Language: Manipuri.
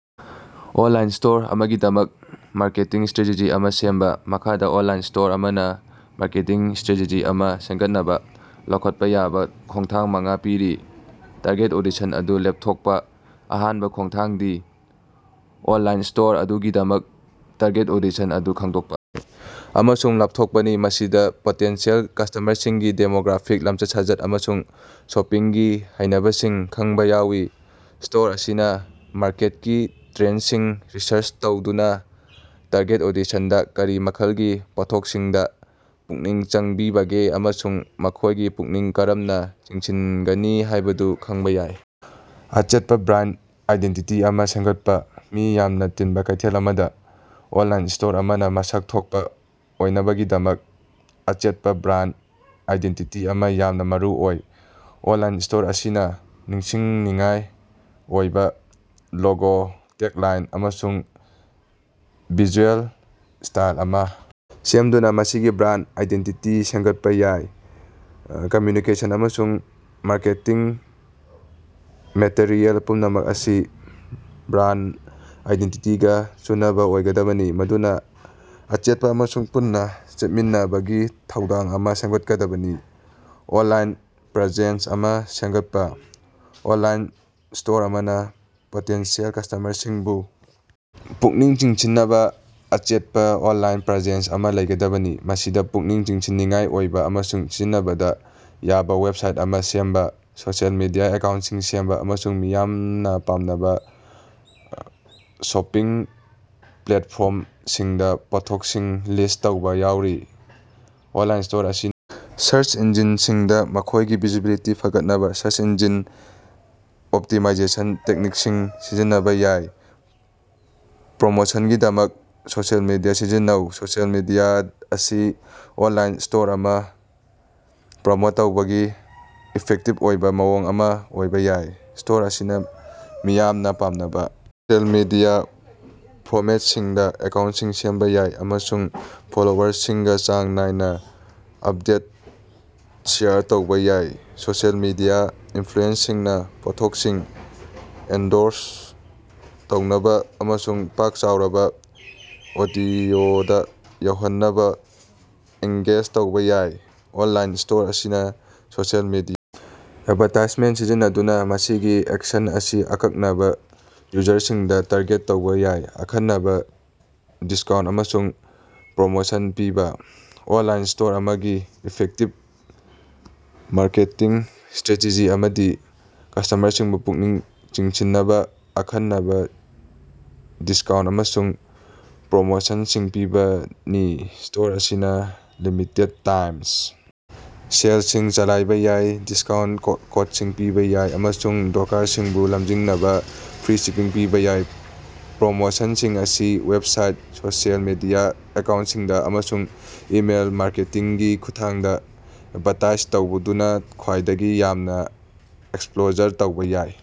ꯑꯣꯟꯂꯥꯏꯟ ꯁ꯭ꯇꯣꯔ ꯑꯃꯒꯤꯗꯃꯛ ꯃꯥꯔꯀꯦꯇꯤꯡ ꯁꯇ꯭ꯔꯦꯇꯦꯖꯤ ꯑꯃ ꯁꯦꯝꯕꯥ꯫ ꯃꯈꯥꯗ ꯑꯣꯟꯂꯥꯏꯟ ꯁ꯭ꯇꯣꯔ ꯑꯃꯅꯥ ꯃꯥꯔꯀꯦꯇꯤꯡ ꯁꯇ꯭ꯔꯦꯇꯦꯖꯤ ꯑꯃ ꯁꯦꯝꯒꯠꯅꯕꯥ ꯂꯧꯈꯠꯄꯥ ꯌꯥꯕ ꯈꯣꯡꯊꯥꯡ ꯃꯉꯥ ꯄꯤꯔꯤ: ꯇꯥꯔꯒꯦꯠ ꯑꯣꯗꯤꯁꯟ ꯑꯗꯨ ꯂꯦꯞꯊꯣꯛꯄꯥ: ꯑꯍꯥꯟꯕꯥ ꯈꯣꯡꯊꯥꯡꯗꯤ ꯑꯣꯟꯂꯥꯏꯟ ꯁ꯭ꯇꯣꯔ ꯑꯗꯨꯒꯤꯗꯃꯛ ꯇꯥꯔꯒꯦꯠ ꯑꯣꯗꯤꯁꯟ ꯑꯗꯨ ꯈꯪꯗꯣꯛꯄꯥ ꯑꯃꯁꯨꯡ ꯂꯦꯞꯊꯣꯛꯄꯅꯤ꯫ ꯃꯁꯤꯗꯥ ꯄꯣꯇꯦꯟꯁꯤꯌꯦꯜ ꯀ꯭ꯁꯇꯃꯔꯁꯤꯡꯒꯤ ꯗꯦꯃꯣꯒ꯭ꯔꯥꯐꯤꯛ, ꯂꯝꯆꯠ-ꯁꯥꯖꯠ ꯑꯃꯁꯨꯡ ꯁꯣꯄꯤꯡꯒꯤ ꯍꯩꯅꯕꯤꯁꯤꯡ ꯈꯪꯕꯥ ꯌꯥꯎꯏ꯫ ꯁ꯭ꯇꯣꯔ ꯑꯁꯤꯅ ꯃꯥꯔꯀꯦꯠꯀꯤ ꯇ꯭ꯔꯦꯟꯁꯤꯡ ꯔꯤꯁꯔꯁ ꯇꯧꯗꯨꯅꯥ ꯇꯥꯔꯒꯦꯠ ꯑꯣꯗꯤꯁꯟꯗꯥ ꯀꯔꯤ ꯃꯈꯜꯒꯤ ꯄꯣꯠꯊꯣꯛꯁꯤꯡꯗꯥ ꯄꯨꯛꯅꯤꯡ ꯆꯪꯂꯤꯕꯒꯦ ꯑꯃꯁꯨꯡ ꯃꯈꯣꯏꯒꯤ ꯄꯨꯛꯅꯤꯡ ꯀꯔꯝꯅꯥ ꯆꯤꯡꯁꯤꯟꯒꯅꯤ ꯍꯥꯏꯕꯗꯨ ꯈꯪꯕꯥ ꯌꯥꯏ꯫ ꯑꯆꯦꯠꯄꯥ ꯕ꯭ꯔꯥꯟ ꯑꯥꯏꯗꯦꯟꯇꯤꯇꯤ ꯑꯃ ꯁꯦꯝꯒꯠꯄꯥ: ꯃꯤ ꯌꯥꯝꯅ ꯇꯤꯟꯕꯥ ꯀꯩꯊꯦꯜ ꯑꯃꯗꯥ ꯑꯣꯟꯂꯥꯏꯟ ꯁ꯭ꯇꯣꯔ ꯑꯃꯅꯥ ꯃꯁꯛ ꯊꯣꯛꯄꯥ ꯑꯣꯏꯅꯕꯒꯤꯗꯃꯛ ꯑꯆꯦꯠꯄꯥ ꯕ꯭ꯔꯥꯟ ꯑꯥꯏꯗꯦꯟꯇꯤꯇꯤ ꯑꯃ ꯌꯥꯝꯅ ꯃꯔꯨꯑꯣꯏ꯫ ꯑꯣꯟꯂꯥꯏꯟ ꯁ꯭ꯇꯣꯔ ꯑꯁꯤꯅ ꯅꯤꯡꯁꯤꯡꯅꯤꯡꯉꯥꯏ ꯑꯣꯏꯕ ꯂꯣꯒꯣ, ꯇꯦꯒꯂꯥꯏꯟ, ꯑꯃꯁꯨꯡ ꯚꯤꯖꯨꯑꯦꯜ ꯁ꯭ꯇꯥꯏꯜ ꯑꯃ ꯁꯦꯝꯗꯨꯅꯥ ꯃꯁꯤꯒꯤ ꯕ꯭ꯔꯥꯟ ꯑꯥꯏꯗꯦꯟꯇꯤꯇꯤ ꯁꯦꯝꯒꯠꯄꯥ ꯌꯥꯏ꯫ ꯀꯝꯃ꯭ꯌꯨꯅꯤꯀꯦꯁꯟ ꯑꯃꯁꯨꯡ ꯃꯥꯔꯀꯦꯇꯤꯡ ꯃꯦꯇꯔꯤꯑꯦꯜ ꯄꯨꯝꯅꯃꯛ ꯑꯁꯤ ꯕ꯭ꯔꯥꯟ ꯑꯥꯏꯗꯦꯟꯇꯤꯇꯤꯒꯥ ꯆꯨꯅꯕꯥ ꯑꯣꯏꯒꯗꯕꯅꯤ ꯃꯗꯨꯅꯥ ꯑꯆꯦꯠꯄꯥ ꯑꯃꯁꯨꯡ ꯄꯨꯟꯅꯥ ꯆꯠꯃꯤꯟꯅꯕꯒꯤ ꯊꯧꯑꯣꯡ ꯑꯃ ꯁꯦꯝꯒꯠꯀꯗꯕꯅꯤ꯫ ꯑꯣꯟꯂꯥꯏꯟ ꯄ꯭ꯔꯦꯖꯦꯟꯁ ꯑꯃ ꯁꯦꯃꯒꯠꯄꯥ: ꯑꯣꯟꯂꯥꯏꯟ ꯁ꯭ꯇꯣꯔ ꯑꯃꯅꯥ ꯄꯣꯇꯦꯟꯁꯤꯌꯦꯜ ꯀꯁ꯭ꯇꯃꯔꯁꯤꯡꯕꯨ ꯄꯨꯛꯅꯤꯡ ꯆꯤꯡꯁꯤꯟꯅꯕꯥ ꯑꯆꯦꯠꯄꯥ ꯑꯣꯟꯂꯥꯏꯟ ꯄ꯭ꯔꯦꯖꯦꯟꯁ ꯑꯃ ꯂꯩꯒꯗꯕꯅꯤ꯫ ꯃꯁꯤꯗꯥ ꯄꯨꯛꯅꯤꯡ ꯆꯤꯡꯁꯤꯟꯅꯤꯡꯉꯥꯏ ꯑꯣꯏꯕ ꯑꯃꯁꯨꯡ ꯁꯤꯖꯤꯟꯅꯕꯗꯥ ꯂꯥꯏꯕ ꯋꯦꯕꯁꯥꯏꯠ ꯑꯃ ꯁꯦꯝꯕꯥ, ꯁꯣꯁꯤꯑꯦꯜ ꯃꯤꯗꯤꯌꯥ ꯑꯦꯀꯥꯎꯟꯁꯤꯡ ꯁꯦꯝꯕꯥ, ꯑꯃꯁꯨꯡ ꯃꯤꯌꯥꯝꯅ ꯄꯥꯝꯅꯕ ꯁꯣꯄꯤꯡ ꯄ꯭ꯂꯦꯠꯐꯣꯔꯝꯁꯤꯡꯗꯥ ꯄꯣꯠꯊꯣꯛꯁꯤꯡ ꯂꯤꯁ ꯇꯧꯕ ꯌꯥꯎꯔꯤ꯫ ꯑꯣꯟꯂꯥꯏꯟ ꯁ꯭ꯇꯣꯔ ꯑꯁꯤꯅ ꯁꯔꯁ ꯏꯟꯖꯤꯟꯁꯤꯡꯗꯥ ꯃꯈꯣꯏꯒꯤ ꯚꯤꯖꯤꯕꯤꯂꯤꯇꯤ ꯐꯒꯠꯍꯟꯅꯕꯥ ꯁꯔꯁ ꯏꯟꯖꯤꯟ ꯑꯣꯞꯇꯤꯃꯥꯏꯖꯦꯁꯟ ꯇꯦꯛꯅꯤꯛꯁꯤꯡ ꯁꯤꯖꯤꯟꯅꯕꯥ ꯌꯥꯒꯅꯤ꯫ ꯄ꯭ꯔꯃꯣꯁꯟꯒꯤꯗꯃꯛ ꯁꯣꯁꯤꯑꯦꯜ ꯃꯤꯗꯤꯌꯥ ꯁꯤꯖꯤꯟꯅꯧ: ꯁꯣꯁꯤꯑꯦꯜ ꯃꯤꯗꯤꯌꯥ ꯑꯁꯤ ꯑꯣꯟꯂꯥꯏꯟ ꯁ꯭ꯇꯣꯔ ꯑꯃ ꯄ꯭ꯔꯃꯣꯠ ꯇꯧꯅꯕꯒꯤ ꯏꯐꯦꯛꯇꯤꯕ ꯑꯣꯏꯕ ꯃꯑꯣꯡ ꯑꯃ ꯑꯣꯏꯕ ꯌꯥꯏ꯫ ꯁ꯭ꯇꯣꯔ ꯑꯁꯤꯅ ꯃꯤꯌꯥꯝꯅ ꯄꯥꯝꯅꯕ ꯁꯣꯁꯤꯑꯦꯜ ꯃꯤꯗꯤꯌꯥ ꯄ꯭ꯂꯦꯠꯐꯣꯔꯝꯁꯤꯡꯗꯥ ꯑꯦꯀꯥꯎꯟꯁꯤꯡ ꯁꯦꯝꯕꯥ ꯌꯥꯏ ꯑꯃꯁꯨꯡ ꯐꯣꯂꯣꯋꯔꯁꯤꯡꯒꯥ ꯆꯥꯡ ꯅꯥꯏꯅ ꯑꯞꯗꯦꯠꯁꯤꯡ ꯁꯦꯌꯔ ꯇꯧꯕ ꯌꯥꯏ꯫ ꯁꯣꯁꯤꯑꯦꯜ ꯃꯤꯗꯤꯌꯥ ꯏꯟꯐ꯭ꯂꯨꯑꯦꯟꯖꯔꯁꯤꯡꯅꯥ ꯄꯣꯠꯊꯣꯛꯁꯤꯡ ꯑꯦꯟꯗꯣꯔꯁ ꯇꯧꯅꯕꯥ ꯑꯃꯁꯨꯡ ꯄꯥꯛ ꯆꯥꯎꯔꯕ ꯑꯣꯗꯤꯑꯣꯗꯥ ꯌꯧꯍꯟꯅꯕꯥ ꯑꯦꯡꯒꯦꯖ ꯇꯧꯕ ꯌꯥꯏ꯫ ꯑꯣꯟꯂꯥꯏꯟ ꯁ꯭ꯇꯣꯔ ꯑꯁꯤꯅ ꯁꯣꯁꯤꯑꯦꯜ ꯃꯤꯗꯤꯌꯥ ꯑꯦꯗꯚꯥꯔꯇꯥꯏꯖꯃꯦꯟ ꯁꯤꯖꯤꯟꯅꯗꯨꯅꯥ ꯃꯁꯤꯒꯤ ꯑꯦꯠꯁꯤꯡ ꯑꯁꯤ ꯑꯀꯛꯅꯕꯥ ꯌꯨꯖꯔꯁꯤꯡꯗꯥ ꯇꯥꯔꯒꯦꯠ ꯇꯧꯕꯁꯨ ꯌꯥꯏ꯫ ꯑꯈꯟꯅꯕꯥ ꯗꯤꯁꯀꯥꯎꯟ ꯑꯃꯁꯨꯡ ꯄ꯭ꯔꯣꯃꯣꯁꯟꯁꯤꯡ ꯄꯤꯕꯥ: ꯑꯣꯟꯂꯥꯏꯟ ꯁ꯭ꯇꯣꯔ ꯑꯃꯒꯤ ꯏꯐꯦꯛꯇꯤꯕ ꯃꯥꯔꯀꯦꯇꯤꯡ ꯁꯇ꯭ꯔꯦꯇꯦꯖꯤ ꯑꯃꯗꯤ ꯀꯁ꯭ꯇꯃꯔꯁꯤꯡꯕꯨ ꯄꯨꯛꯅꯤꯡ ꯆꯤꯡꯁꯤꯟꯅꯕꯥ ꯑꯈꯟꯅꯕꯥ ꯗꯤꯁꯀꯥꯎꯟ ꯑꯃꯁꯨꯡ ꯄ꯭ꯔꯣꯃꯣꯁꯟꯁꯤꯡ ꯄꯤꯕꯅꯤ꯫ ꯁ꯭ꯇꯣꯔ ꯑꯁꯤꯅ ꯂꯤꯃꯤꯇꯦꯗꯠ-ꯇꯥꯏꯝ ꯁꯦꯜꯁꯤꯡ ꯆꯂꯥꯏꯕꯥ ꯌꯥꯏ, ꯗꯤꯁꯀꯥꯎꯟ ꯀꯣꯠꯁꯤꯡ ꯄꯤꯕꯥ ꯌꯥꯏ ꯑꯃꯁꯨꯡ ꯗꯣꯀꯔꯁꯤꯡꯕꯨ ꯂꯝꯖꯤꯡꯅꯕꯥ ꯐ꯭ꯔꯤ ꯁꯤꯄꯤꯡ ꯄꯤꯕꯥ ꯌꯥꯏ꯫ ꯄ꯭ꯔꯣꯃꯣꯁꯟꯁꯤꯡ ꯑꯁꯤ ꯋꯦꯕꯁꯥꯏꯠ, ꯁꯣꯁꯤꯑꯦꯜ ꯃꯤꯗꯤꯌꯥ ꯑꯦꯀꯥꯎꯟꯁꯤꯡꯗꯥ, ꯑꯃꯁꯨꯡ ꯏꯃꯦꯜ ꯃꯥꯔꯀꯦꯇꯤꯡꯒꯤ ꯈꯨꯠꯊꯥꯡꯗꯥ ꯑꯦꯗꯚꯥꯔꯇꯥꯏꯖ ꯇꯧꯗꯨꯅꯥ ꯈ꯭ꯋꯥꯏꯗꯒꯤ ꯌꯥꯝꯅ ꯑꯦꯛꯁꯄꯣꯖꯔ ꯇꯧꯕ ꯌꯥꯏ꯫